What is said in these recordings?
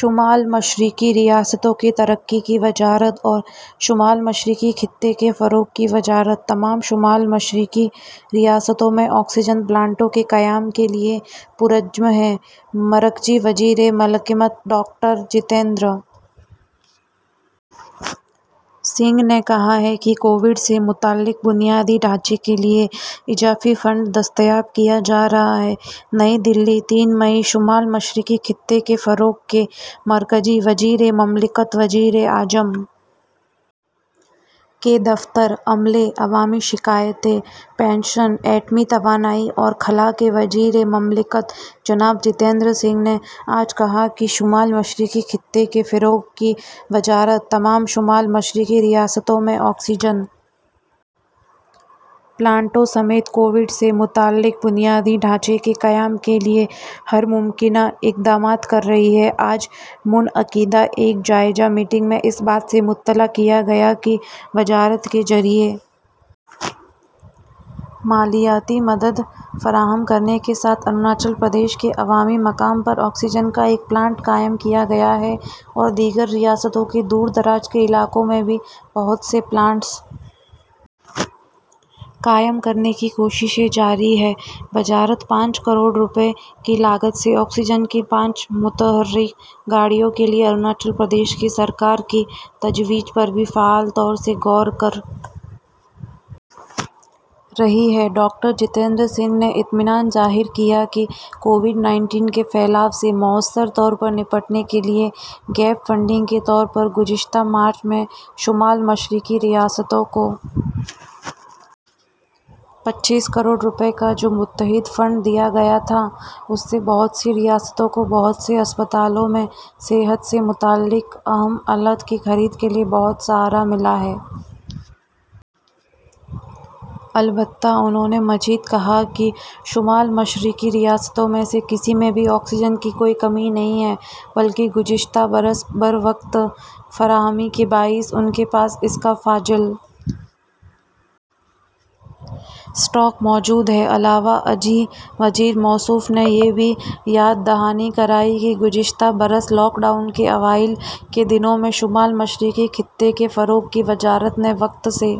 شمال مشرقی ریاستوں کی ترقی کی وزارت اور شمال مشرقی خطے کے فروغ کی وزارت تمام شمال مشرقی ریاستوں میں آکسیجن پلانٹوں کے قیام کے لیے پرعزم ہے مرکزی وزیر مملکت ڈاکٹر جتیندر سنگھ نے کہا کہ کووڈ سے متعلق بنیادی ڈھانچے کے لیے اضافی فنڈ دستیاب کیا جا رہا ہے نئی دہلی تین مئی شمال مشرقی خطے کے فروغ کے مرکزی وزیر مملکت وزیر اعظم کے دفتر عملے عوامی شکایات پنشن ایٹمی توانائی اور خلا کے وزیر مملکت جناب جتیندر سنگھ نے آج کہا کہ شمال مشرقی خطے کے فروغ کی وزارت تمام شمال مشرقی ریاستوں میں آکسیجن پلانٹوں سمیت کووڈ سے متعلق بنیادی ڈھانچے کے قیام کے لیے ہر ممکنہ اقدامات کر رہی ہے آج منعقدہ ایک جائزہ میٹنگ میں اس بات سے مطلع کیا گیا کہ وزارت کے ذریعہ مالیاتی مدد فراہم کرنے کے ساتھ اروناچل پردیش کے عوامی مقام پر آکسیجن کا ایک پلانٹ قائم کیا گیا ہے اور دیگر ریاستوں کے دور دراز کے علاقوں میں بھی بہت سے پلانٹس قائم کرنے کی کوششیں جاری ہیں وزارت پانچ کروڑ روپے کی لاگت سے آکسیجن کی پانچ متحرک گاڑیوں کے لیے اروناچل پردیش کی سرکار کی تجویز پر بھی فعال طور سے غور کر رہی ہے ڈاکٹر جتیندر سنگھ نے اطمینان ظاہر کیا کہ کووڈ انیس کے پھیلاؤ سے مؤثر طور پر نمٹنے کے لیے گیپ فنڈنگ کے طور پر گزشتہ مارچ میں شمال مشرقی ریاستوں کو پچیس کروڑ روپے کا جو متحد فنڈ دیا گیا تھا اس سے بہت سی ریاستوں کو بہت سے اسپتالوں میں صحت سے متعلق اہم آلات کی خرید کے لیے بہت سہارا ملا ہے البتہ انہوں نے مزید کہا کہ شمال مشرقی ریاستوں میں سے کسی میں بھی آکسیجن کی کوئی کمی نہیں ہے بلکہ گزشتہ برس بروقت فراہمی کے باعث ان کے پاس اس کا فاضل اسٹاک موجود ہے علاوہ ازیں وزیر موصوف نے یہ بھی یاد دہانی کرائی کہ گزشتہ برس لاک ڈاؤن کے اوائل کے دنوں میں شمال مشرقی خطے کے فروغ کی وزارت نے وقت سے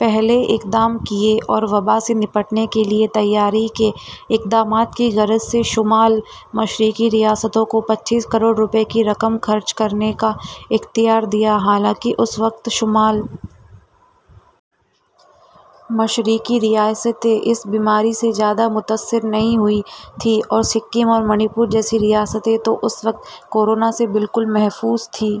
پہلے اقدام کیے اور وبا سے نمٹنے کے لیے تیاری کے اقدامات کی غرض سے شمال مشرقی ریاستوں کو پچیس کروڑ روپے کی رقم خرچ کرنے کا اختیار دیا حالانکہ اس وقت شمال مشرقی ریاستیں اس بیماری سے زیادہ متاثر نہیں ہوئی تھیں اور سکم اور منی پور جیسی ریاستیں تو اس وقت کورونا سے بالکل محفوظ تھیں